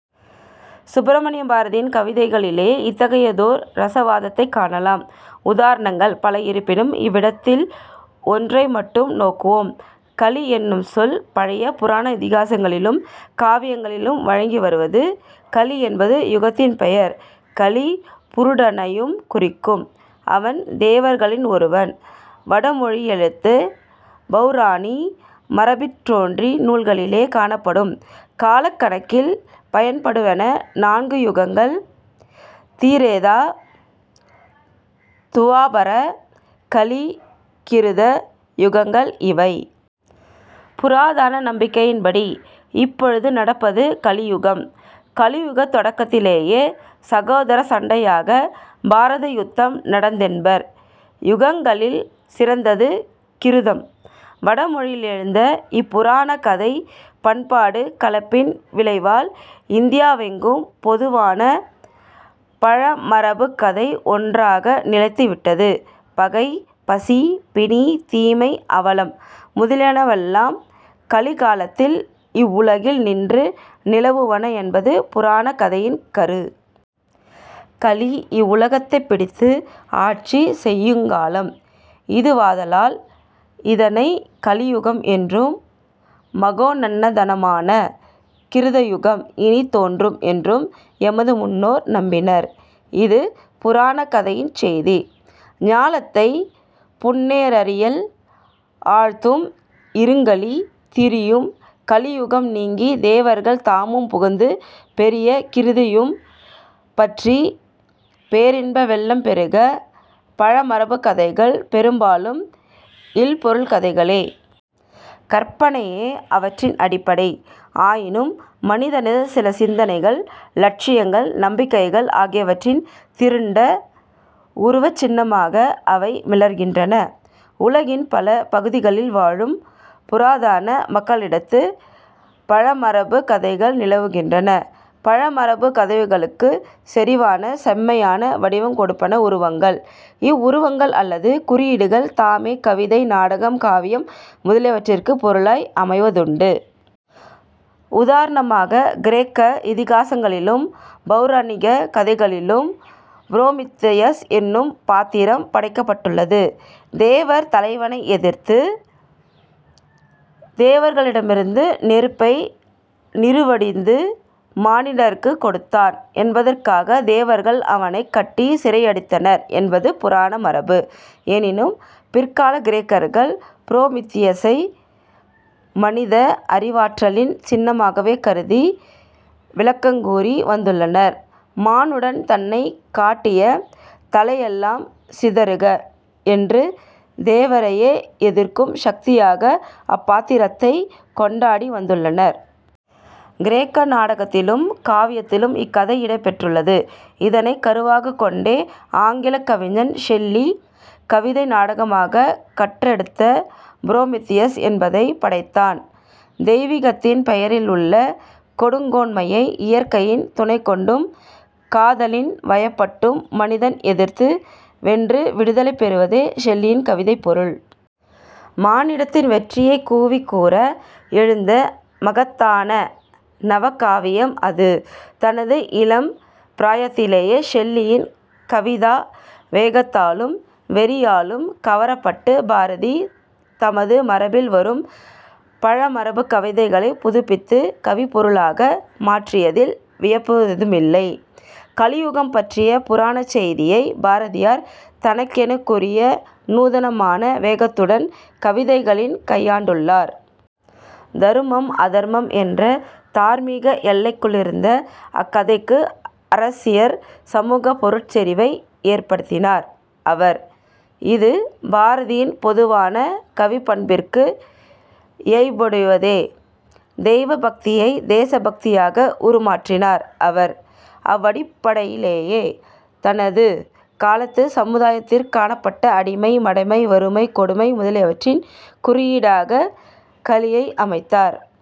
சுப்பிரமணிய பாரதியின் கவிதைகளிலே இத்தகையதோர் இரசவாதத்தைக் காணலாம். உதாரணங்கள் பல இருப்பினும், இவ்விடத்தில் ஒன்றை மட்டும் நோக்குவோம். கலி என்னும் சொல் பழைய புராண-இதிகாசங்களிலும் காவியங்களிலும் வழங்கி வருவது. கலி என்பது யுகத்தின் பெயர்; கலி புருடனையும் குறிக்கும். அவன் தேவர்களில் ஒருவன். வடமொழியி லெழுந்த பௌராணிக மரபிற்றோன்றிய நூல்களிலே காணப்படும் காலக் கணக்கில் பயன்படுவன நான்கு யுகங்கள்; திரேதா, துவாபர, கலி, கிருத, யுகங்கள் இவை. புராதன நம்பிக்கையின்படி இப்பொழுது நடப்பது கலியுகம். கலியுகத் தொடக்கத்திலேயே 'சகோதரச் சண்டையாக பாரத யுத்தம் நடந்ததென்பர். யுகங்களில் சிறந்தது கிருதம். வடமொழியிலெழுந்த இப்புராணக் கதை பண்பாடுக் கலப்பின் விளைவால் இந்தியாவெங்கும் பொதுவான பழமரபுக கதை ஒன்றாக நிலைத்து விட்டது. பகை, பசி, பிணி, தீமை, அவலம் முதலியனவெல்லாம் கலிகாலத்தில் இவ்வுலகில் நின்று நிலவுவன என்பது புராணக் கதையின் கரு. கலி இவ்வுலகைப் பிடித்து ஆட்சி செய்யுங் காலம் இதுவாதலால் இதனைக் கலியுகம் என்றும், மகோன்னதமான கிருதயுகம் இனித் தோன்றும் என்றும் எமது முன்னோர் நம்பினர்; இது புராணக் கதையின் செய்தி. "ஞாலத்தைப் புன்னெறியில் ஆழ்த்தும் இருங்கலி" "திரியும் கலியுகம் நீங்கித் தேவர்கள் தாமும் புகுந்து பெரிய கிருதயுகம் பற்றிப் பேரின்ப வெள்ளம் பெருக" பழமரபுக் கதைகள் பெரும்பாலும் இல்பொருட்கதைகளே! கற்பனையே அவற்றின் அடிப்படை. ஆயினும் மனிதனது சில சிந்தனைகள், இலட்சியங்கள், நம்பிக்கைகள் ஆகியவற்றின் திரண்ட உருவச்சின்னமாக அவை மிளிர்கின்றன. உலகின் பல பகுதிகளில் வாழும் புராதன மக்களிடத்தும் பழமரபுக் கதைகள் நிலவுகின்றன. பழமரபுக் கதைகளுக்குச் செறிவான-செம்மையான வடிவங் கொடுப்பன உருவகங்கள். இவ்வுருவகங்கள் அல்லது குறியீடுகள் தாமே கவிதை, நாடகம், காவியம் முதலியவற்றிற்குப் பொருளாய் அமைவதுண்டு. உதாரணமாகக் கிரேக்க இதிகாசங்களிலும் பௌராணிகக் கதைகளிலும் புரோமித்தியஸ் என்னும் பாத்திரம் படைக்கப்பட்டுள்ளது. தேவர் தலைவனை எதிர்த்துத் தேவர்களிடமிருந்து நெருப்பைத் திருடிவந்து மானிடர்க்குக் கொடுத்தான் என்பதற்காகத் தேவர்கள் அவனைக் கட்டிச் சிறைப்படுத்தினர் என்பது புராண மரபு. எனினும், பிற்காலக் கிரேக்கர்கள் புரோமித்தியஸை மனித அறிவாற்றலின் சின்னமாகவே கருதி விளக்கங்கூறி வந்துள்ளனர், "மானுடன் தன்னைக் காட்டிய தளையெலாம் சிதறுக" என்று தேவரையே எதிர்க்கும் சக்தியாக அப்பாத்திரத்தைக் கொண்டாடி வந்துள்ளனர். கிரேக்க நாடகத்திலும் காவியத்திலும் இக்கதை இடம் பெற்றுள்ளது. இதனைக் கருவாகக் கொண்டே ஆங்கிலக் கவிஞன் ஷெல்லி கவிதை நாடகமான கட்டறுத்த புரோமித்தியஸ் என்பதனைப் படைத்தான். தெய்விகத்தின் பெயரில் உள்ள கொடுங்கோன்மையை இயற்கையின் துணைக்கொண்டும் காதலின் வயப்பட்டும் மனிதன் எதிர்த்து வென்று விடுதலை பெறுவதே ஷெல்லியின் கவிதைப் பொருள். மானிடத்தின் வெற்றியைக் கூவிக் கூற எழுந்த மகத்தான நவகாவியம் அது. தனது இளம் பிராயத்திலே ஷெல்லியின் கவிதா வேகத்தாலும் வெறியாலும் கவரப்பட்ட பாரதி, தனது மரபில் வரும் பழமரபுக் கதையைப் புதுப்பித்துக் கவிப் பொருளாய் மாற்றியதில் வியப்பெதுவுமில்லை. கலியுகம்பற்றிய புராணச் செய்தியைப் பாரதியார் தனக்கேயுரிய நூதனமான வேகத்துடன் கவிதைகளில் கையாண்டுள்ளார். தருமம் அதருமம் என்ற தார்மீக எல்லைக்குள்ளிருந்த அக்கதைக்கு, அரசியற்-சமூகப் பொருட் செறிவை ஏற்படுத்தினார் அவர். இது பாரதியின் பொதுவான கவிப்பண்பிற்கு இயைபுடையதே. தெய்வ பக்தியைத் தேச பக்தியாக உருமாற்றினார் அவர். இவ்வடிப்படையிலேயே, தனது காலத்துச் சமுதாயத்திற் காணப்பட்ட அடிமை, மடமை, வறுமை, கொடுமை முதலியவற்றின் குறியீடாகக் கலியை அமைத்தார்.